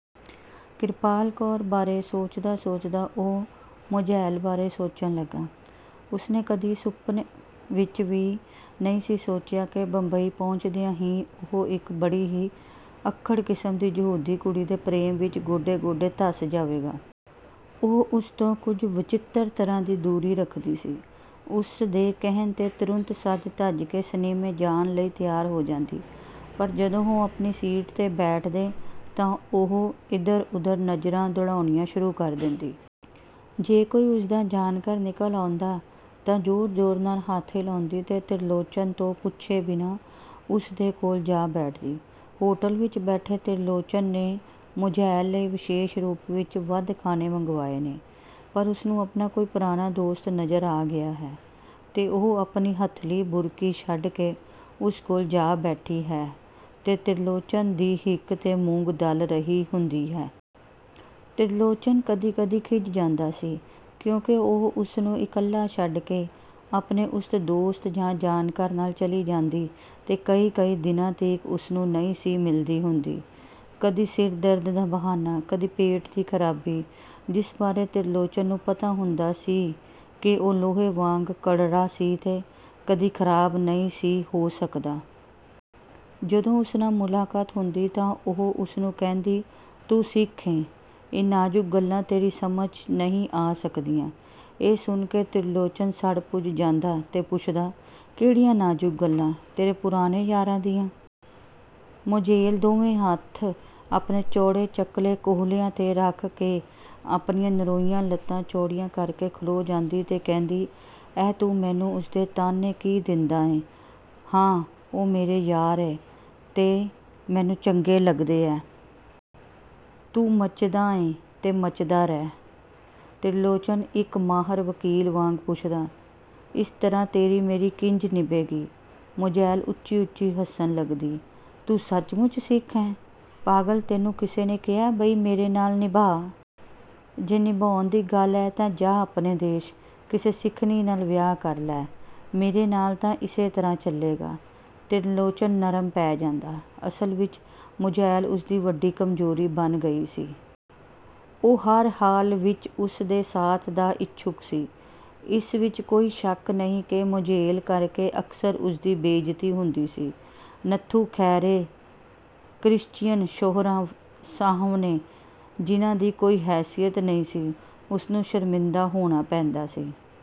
ਕਿਰਪਾਲ ਕੌਰ ਬਾਰੇ ਸੋਚਦਾ-ਸੋਚਦਾ ਉਹ ਮੋਜ਼ੇਲ ਬਾਰੇ ਸੋਚਣ ਲੱਗਾ। ਉਸਨੇ ਕਦੀ ਸੁਪਨੇ ਵਿਚ ਵੀ ਨਹੀਂ ਸੀ ਸੋਚਿਆ ਕਿ ਬੰਬਈ ਪਹੁੰਚਦਿਆਂ ਹੀ ਉਹ ਇਕ ਬੜੀ ਹੀ ਅੱਖੜ ਕਿਸਮ ਦੀ ਯਹੂਦੀ ਕੁੜੀ ਦੇ ਪ੍ਰੇਮ ਵਿਚ 'ਗੋਡੇ-ਗੋਡੇ' ਧਸ ਜਾਵੇਗਾ। ਉਹ ਉਸ ਤੋਂ ਕੁਛ ਵਚਿੱਤਰ ਤਰ੍ਹਾਂ ਦੀ ਦੂਰੀ ਰੱਖਦੀ ਸੀ। ਉਸਦੇ ਕਹਿਣ 'ਤੇ ਤੁਰੰਤ ਸਜ-ਧਜ ਕੇ ਸਿਨੇਮੇ ਜਾਣ ਲਈ ਤਿਆਰ ਹੋ ਜਾਂਦੀ, ਪਰ ਜਦੋਂ ਉਹ ਆਪਣੀ ਸੀਟ 'ਤੇ ਬੈਠਦੇ ਤਾਂ ਉਹ ਇਧਰ-ਉਧਰ ਨਜ਼ਰਾਂ ਦੌੜਾਉਣੀਆਂ ਸ਼ੁਰੂ ਕਰ ਦਿੰਦੀ। ਜੇ ਕੋਈ ਉਸਦਾ ਜਾਣਕਾਰ ਨਿਕਲ ਆਉਂਦਾ ਤਾਂ ਜ਼ੋਰ-ਜ਼ੋਰ ਨਾਲ ਹੱਥ ਹਿਲਾਉਂਦੀ ਤੇ ਤਿਰਲੋਚਨ ਤੋਂ ਪੁੱਛੇ ਬਿਨਾਂ ਉਸਦੇ ਕੋਲ ਜਾ ਬੈਠਦੀ। ਹੋਟਲ ਵਿਚ ਬੈਠੇ ਤਿਰਲੋਚਨ ਨੇ ਮੋਜ਼ੇਲ ਲਈ ਵਿਸ਼ੇਸ਼ ਰੂਪ ਵਿਚ ਵੱਧ ਖਾਣੇ ਮੰਗਵਾਏ ਨੇ, ਪਰ ਉਸਨੂੰ ਆਪਣਾ ਕੋਈ ਪੁਰਾਣਾ ਦੋਸਤ ਨਜ਼ਰ ਆ ਗਿਆ ਹੈ ਤੇ ਉਹ ਆਪਣੀ ਹੱਥਲੀ ਬੁਰਕੀ ਛੱਡ ਕੇ ਉਸ ਕੋਲ ਜਾ ਬੈਠੀ ਹੈ ਤੇ ਤਿਰਲੋਚਨ ਦੀ ਹਿੱਕ 'ਤੇ ਮੂੰਗ ਦਲ ਰਹੀ ਹੁੰਦੀ ਹੈ। ਤਿਰਲੋਚਨ ਕਦੀ-ਕਦੀ ਖਿਝ ਜਾਂਦਾ ਸੀ, ਕਿਉਂਕਿ ਉਹ ਉਸਨੂੰ ਇਕੱਲਾ ਛੱਡ ਕੇ ਆਪਣੇ ਉਸ ਦੋਸਤ ਜਾਂ ਜਾਣਕਾਰ ਨਾਲ ਚਲੀ ਜਾਂਦੀ ਤੇ ਕਈ-ਕਈ ਦਿਨਾਂ ਤੀਕ ਉਸਨੂੰ ਨਹੀਂ ਸੀ ਮਿਲਦੀ ਹੁੰਦੀ। ਕਦੀ ਸਿਰ ਦਰਦ ਦਾ ਬਹਾਨਾ, ਕਦੀ ਪੇਟ ਦੀ ਖਰਾਬੀ, ਜਿਸ ਬਾਰੇ ਤਿਰਲੋਚਨ ਨੂੰ ਪਤਾ ਹੁੰਦਾ ਸੀ ਕਿ ਉਹ ਲੋਹੇ ਵਾਂਗ ਕਰੜਾ ਸੀ ਤੇ ਕਦੀ ਖਰਾਬ ਨਹੀਂ ਸੀ ਹੋ ਸਕਦਾ। ਜਦੋਂ ਉਸ ਨਾਲ ਮੁਲਾਕਾਤ ਹੁੰਦੀ ਤਾਂ ਉਹ ਉਸਨੂੰ ਕਹਿੰਦੀ, 'ਤੂੰ ਸਿੱਖ ਏਂ' ਇਹ ਨਾਜ਼ੁਕ ਗੱਲਾਂ ਤੇਰੀ ਸਮਝ 'ਚ ਨਹੀਂ ਆ ਸਕਦੀਆਂ। " ਇਹ ਸੁਣ ਕੇ ਤਿਰਲੋਚਨ ਸੜ-ਭੁੱਜ ਜਾਂਦਾ ਤੇ ਪੁੱਛਦਾ। "ਕਿਹੜੀਆਂ ਨਾਜ਼ੁਕ ਗੱਲਾਂ, ਤੇਰੇ ਪੁਰਾਣੇ ਯਾਰਾਂ ਦੀਆਂ? " ਮੋਜ਼ੇਲ ਦੋਵੇਂ ਹੱਥ ਆਪਣੇ ਚੌੜੇ-ਚਕਲੇ ਕੁਹਲਿਆਂ 'ਤੇ ਰੱਖ ਕੇ ਆਪਣੀਆਂ ਨਰੋਈਆਂ ਲੱਤਾਂ ਚੌੜੀਆਂ ਕਰਕੇ ਖਲੋਂ ਜਾਂਦੀ ਤੇ ਕਹਿੰਦੀ, "ਅਹਿ ਤੂੰ ਮੈਨੂੰ ਉਸਦੇ ਤਾਹਨੇ ਕੀ ਦਿੰਦਾ ਏਂ! ਹਾਂ, ਉਹ ਮੇਰੇ ਯਾਰ ਐ, ਤੇ ਮੈਨੂੰ ਚੰਗੇ ਲੱਗਦੇ ਐ। ਤੂੰ ਮੱਚਦਾ ਏਂ ਤੇ ਮੱਚਦਾ ਰਹਿ। "ਤਿਰਲੋਚਨ ਇਕ ਮਾਹਰ ਵਕੀਲ ਵਾਂਗ ਪੁੱਛਦਾ, "ਇਸ ਤਰ੍ਹਾਂ ਤੇਰੀ-ਮੇਰੀ ਕਿੰਜ ਨਿਭੇਗੀ? " ਮੋਜ਼ੇਲ ਉੱਚੀ-ਉੱਚੀ ਹੱਸਣ ਲੱਗਦੀ, "ਤੂੰ ਸੱਚਮੁੱਚ ਸਿੱਖ ਐਂ! ਪਾਗਲ, ਤੈਨੂੰ ਕਿਸੇ ਨੇ ਕਿਹੇ ਬਈ ਮੇਰੇ ਨਾਲ ਨਿਭਾਅ? ਜੇ ਨਿਭਾਉਣ ਦੀ ਗੱਲ ਐ ਤਾਂ ਜਾਹ ਆਪਣੇ ਦੇਸ। ਕਿਸੇ ਸਿੱਖਣੀ ਨਾਲ ਵਿਆਹ ਕਰ ਲੈ। ਮੇਰੇ ਨਾਲ ਤਾਂ ਇਸੇ ਤਰ੍ਹਾਂ ਚੱਲੇਗਾ। " ਤਿਰਲੋਚਨ ਨਰਮ ਪੈ ਜਾਂਦਾ। ਅਸਲ ਵਿਚ ਮੋਜ਼ੇਲ ਉਸਦੀ ਵੱਡੀ ਕਮਜ਼ੋਰੀ ਬਣ ਗਈ ਸੀ। ਉਹ ਹਰ ਹਾਲ ਵਿਚ ਉਸਦੇ ਸਾਥ ਦਾ ਇਛੁੱਕ ਸੀ। ਇਸ ਵਿਚ ਕੋਈ ਸ਼ੱਕ ਨਹੀਂ ਕਿ ਮੋਜ਼ੇਲ ਕਰਕੇ ਅਕਸਰ ਉਸਦੀ ਬੇਇੱਜ਼ਤੀ ਹੁੰਦੀ ਸੀ। ਨੱਥੂ ਖੈਰੇ ਕਰਿਸ਼ਚੀਅਨ ਛੋਹਰਾਂ ਸਾਹਵੇਂ ਜਿਹਨਾਂ ਦੀ ਕੋਈ ਹੈਸੀਅਤ ਨਹੀਂ ਸੀ, ਉਸਨੂੰ ਸ਼ਰਮਿੰਦਾ ਹੋਣਾ ਪੈਂਦਾ ਸੀ।